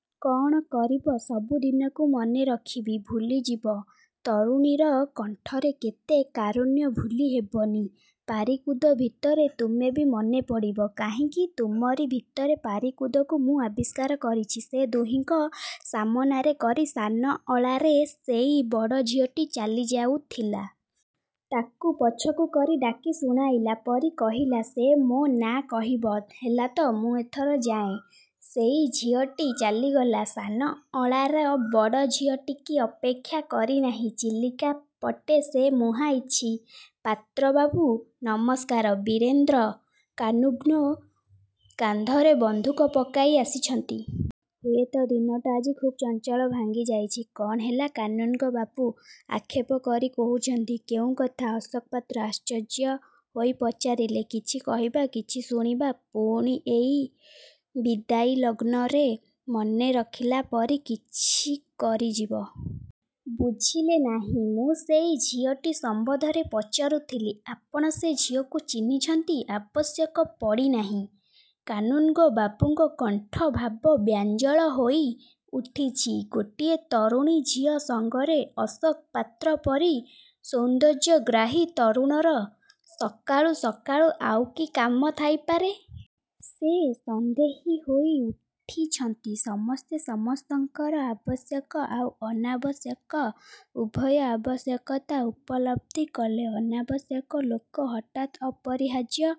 ' 'କଣ କରିବ? ' 'ସବୁ ଦିନକୁ ମନେରଖିବି। ' 'ଭୁଲିଯିବ! ତରୁଣୀର କଣ୍ଠରେ କେତେ କାରୁଣ୍ୟ! 'ଭୁଲି ହେବନି'। ପାରିକୁଦ ଭିତରେ ତୁମେବି ମନେପଡ଼ିବ। 'କାହିଁକି? ' 'ତୁମରି ଭିତରେ ପାରିକୁଦକୁ ମୁଁ ଆବିଷ୍କାର କରିଛି। ' ସେ ଦୁହିଙ୍କ ସାମନାରେ କରି ସାନ ଅଁଳାର ସେଇ ବଡ଼ ଝିଅଟି ଚାଲି ଯାଉଥିଲା। ତାକୁ ପଛକୁ କରି ଡାକି, ଶୁଣାଇଲା ପରି କହିଲା, 'ସେ ମୋ ନାଁ କହିବ। ହେଲାତ? ମୁଁ ଏଥର ଯାଏଁ। ' ସେଇ ଝିଅଟି ଚାଲିଗଲା। 'ସାନ ଅଁଳା'ର ବଡ଼ ଝିଅଟିକି ଅପେକ୍ଷା କରିନାହିଁ। ଚିଲିକା ପଟେ ସେ ମୁହାଁଇଛି। 'ପାତ୍ର ବାବୁ ନମସ୍କାର! ' ବୀରେନ୍ଦ୍ର କାନୁଘ୍ନ କାନ୍ଧରେ ବନ୍ଧୁକ ପକାଇ ଆସିଛନ୍ତି। ହୁଏତ ନିଦଟା ଆଜି ଖୁବ୍ ଚଞ୍ଚଳ ଭାଙ୍ଗି ଯାଇଛି। 'କଣ ହେଲା? ' କାନୁନ୍ଗୋ ବାବୁ ଆକ୍ଷେପ କରି କହୁଛନ୍ତି। 'କେଉଁ କଥା? ' ଅଶୋକ ପାତ୍ର ଆଶ୍ଚର୍ଯ୍ୟ ହୋଇ ପଚାରିଲେ। 'କିଛି କହିବା, କିଛି ଶୁଣିବା। ପୁଣି ଏଇ ବିଦାୟୀ ଲଗ୍ନରେ ମନେରଖିଲା ପରି କିଛି କରିଯିବ। ବୁଝିଲେ ନାହିଁ? ମୁଁ ସେଇ ଝିଅଟି ସମ୍ବନ୍ଧରେ ପଚାରୁଥିଲି! ' 'ଆପଣ ସେ ଝିଅକୁ ଚିହ୍ନିଛନ୍ତି? ' 'ଆବଶ୍ୟକ ପଡ଼ିନାହିଁ। ' କାନୁନ୍ଗୋ ବାବୁଙ୍କ କଣ୍ଠ ଭାବ ବ୍ୟଞ୍ଜଳ ହୋଇ ଉଠିଛି। ଗୋଟିଏ ତରୁଣୀ ଝିଅ ସଙ୍ଗରେ ଅଶୋକ ପାତ୍ର ପରି ସୌନ୍ଦର୍ଯ୍ୟଗ୍ରାହୀ ତରୁଣର ସକାଳୁ, ସକାଳୁ ଆଉ କି କାମ ଥାଇପାରେ? ସେ ସନ୍ଦେହୀ ହୋଇ ଉଠିଛନ୍ତି। 'ସମସ୍ତେ ସମସ୍ତଙ୍କର ଆବଶ୍ୟକ ଆଉ ଅନାବଶ୍ୟକ ଉଭୟ। ଆବଶ୍ୟକତା ଉପଲବ୍ଧି କଲେ ଅନାବଶ୍ୟକ ଲୋକ ହଠାତ୍ ଅପରିହାର୍ଯ୍ୟ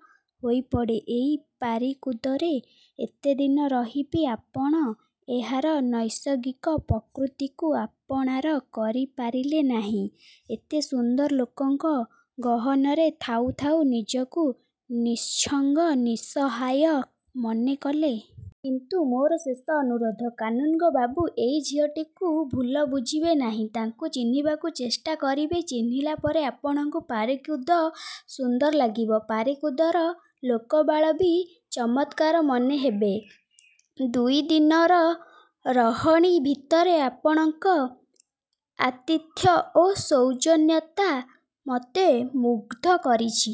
ହୋଇପଡ଼େ। ଏଇ ପାରିକୁଦରେ ଏତେଦିନ ରହି ବି ଆପଣ ଏହାର ନୈସର୍ଗିକ ପ୍ରକୃତିକୁ ଆପଣାର କରିପାରିଲେ ନାହିଁ। ଏତେ ସୁନ୍ଦର ଲୋକଙ୍କ ଗହନରେ ଥାଉଁ ଥାଉଁ, ନିଜକୁ ନିଃଛଙ୍ଗ, ନିଃସହାୟ ମନେକଲେ। କିନ୍ତୁ ମୋର ଶେଷ ଅନୁରୋଧ କାନୁନ୍ଗୋ ବାବୁ, ଏଇ ଝିଅଟିକୁ ଭୁଲ ବୁଝିବେ ନାହିଁ। ତାକୁ ଚିହ୍ନିବାକୁ ଚେଷ୍ଟା କରିବେ। ଚିହ୍ନିଲା ପରେ ଆପଣଙ୍କୁ ପାରିକୁଦ ସୁନ୍ଦର ଲାଗିବ। ପାରିକୁଦର ଲୋକବାଳ ବି ଚମତ୍କାର ମନେହେବେ। ଦୁଇଦିନର ରହଣି ଭିତରେ ଆପଣଙ୍କ ଆତିଥ୍ୟ ଓ ସୌଜନ୍ୟତା ମୋତେ ମୁଗ୍ଧ କରିଛି।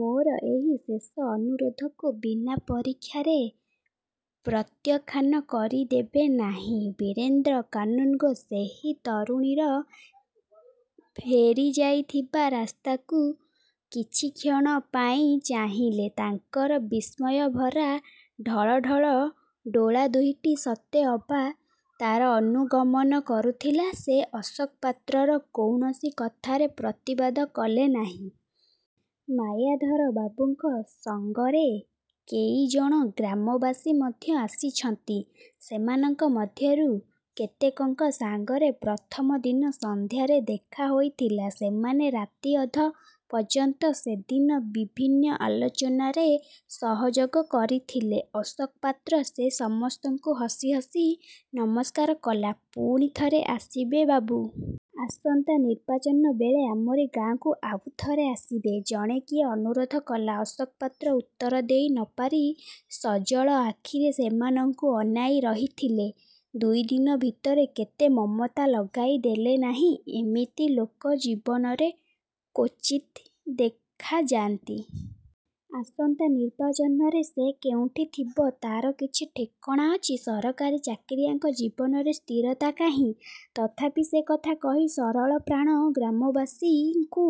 ମୋର ଏହି ଶେଷ ଅନୁରୋଧକୁ ବିନା ପରୀକ୍ଷାରେ ପ୍ରତ୍ୟଖାନ କରିଦେବେ ନାହିଁ। ' ବୀରେନ୍ଦ୍ର କାନୁନ୍ଗୋ ସେହି ତରୁଣୀର ଫେରିଯାଇଥିବା ରାସ୍ତାକୁ କିଛିକ୍ଷଣ ପାଇଁ ଚାହିଁଲେ। ତାଙ୍କର ବିସ୍ମୟଭରା ଢଳଢ଼ଳ ଡୋଳା ଦୁଇଟି ସତେ ଅବା ତାର ଅନୁଗମନ କରୁଥିଲା। ସେ ଅଶୋକ ପାତ୍ରର କୌଣସି କଥାରେ ପ୍ରତିବାଦ କଲେ ନାହିଁ। ମାୟାଧର ବାବୁଙ୍କ ସଙ୍ଗରେ କେଇଜଣ ଗ୍ରାମବାସୀ ମଧ୍ୟ ଆସିଛନ୍ତି। ସେମାନଙ୍କ ମଧ୍ୟରୁ କେତେକଙ୍କ ସାଙ୍ଗରେ ପ୍ରଥମ ଦିନ ସନ୍ଧ୍ୟାରେ ଦେଖା ହୋଇଥିଲା। ସେମାନେ ରାତିଅଧ ପର୍ଯ୍ୟନ୍ତ ସେଦିନ ବିଭିନ୍ନ ଆଲୋଚନାରେ ସହଯୋଗ କରିଥିଲେ। ଅଶୋକ ପାତ୍ର ସେ ସମସ୍ତଙ୍କୁ ହସି ହସି ନମସ୍କାର କଲା। 'ପୁଣିଥରେ ଆସିବେ ବାବୁ! ଆସନ୍ତା ନିର୍ବାଚନ ବେଳେ ଆମରି ଗାଁକୁ ଆଉଥରେ ଆସିବେ। ' ଜଣେ କିଏ ଅନୁରୋଧ କଲା। ଅଶୋକ ପାତ୍ର ଉତ୍ତର ଦେଇ ନ ପାରି ସଜଳ ଆଖିରେ ସେମାନଙ୍କୁ ଅନାଇଁ ରହିଥିଲେ-। ଦୁଇଦିନ ଭିତରେ କେତେ ମମତା ଲଗାଇ ଦେଲେ ନାହିଁ! ଏମିତି ଲୋକ ଜୀବନରେ କ୍ୱଚିତ୍ ଦେଖାଯାନ୍ତି। ଆସନ୍ତା ନିର୍ବାଚନରେ ସେ କେଉଁଠି ଥିବ ତାର କିଛି ଠିକଣା ଅଛି? ସରକାରୀ ଚାକିରିଆଙ୍କ ଜୀବନରେ ସ୍ଥିରତା କାହିଁ? ତଥାପି ସେ କଥା କହି ସରଳ ପ୍ରାଣ ଗ୍ରାମବାସୀଙ୍କୁ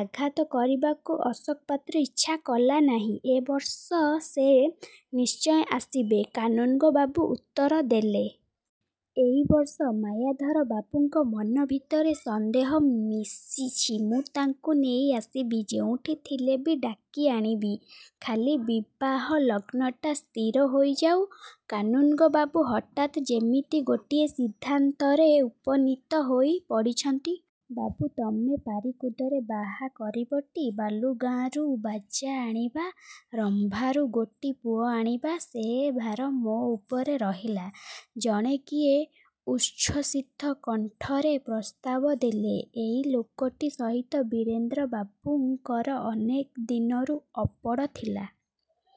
ଆଘାତ କରିବାକୁ ଅଶୋକ ପାତ୍ର ଇଚ୍ଛା କଲାନାହିଁ। 'ଏ ବର୍ଷ ସେ ନିଶ୍ଚୟ ଆସିବେ। ' କାନୁନ୍ଗୋ ବାବୁ ଉତ୍ତର ଦେଲେ। 'ଏଇ ବର୍ଷ? ' ମାୟାଧର ବାବୁଙ୍କ ମନ ଭିତରେ ସନ୍ଦେହ ମିଶିଛି। 'ମୁଁ ତାଙ୍କୁ ନେଇ ଆସିବି। ଯେଉଁଠି ଥିଲେ ବି ଡାକି ଆଣିବି। ଖାଲି ବିବାହ ଲଗ୍ନଟା ସ୍ଥିର ହୋଇଯାଉ। ' କାନୁନ୍ଗୋ ବାବୁ ହଠାତ୍ ଯେମିତି ଗୋଟିଏ ସିଦ୍ଧାନ୍ତରେ ଉପନୀତ ହୋଇ ପଡ଼ିଛନ୍ତି। 'ବାବୁ ତମେ ପାରିକୁଦରେ ବାହା କରିବଟି? ବାଲୁଗାଁରୁ ବାଜା ଆଣିବା। ରମ୍ଭାରୁ ଗୋଟିପୁଅ ଆଣିବା। ସେ ଭାର ମୋ ଉପରେ ରହିଲା। ' ଜଣେ କିଏ ଉଚ୍ଛ୍ୱସିତ କଣ୍ଠରେ ପ୍ରସ୍ତାବ ଦେଲେ। 'ଏଇ ଲୋକଟି ସହିତ ବୀରେନ୍ଦ୍ର ବାବୁଙ୍କର ଅନେକ ଦିନରୁ ଅପଡ଼ ଥିଲା।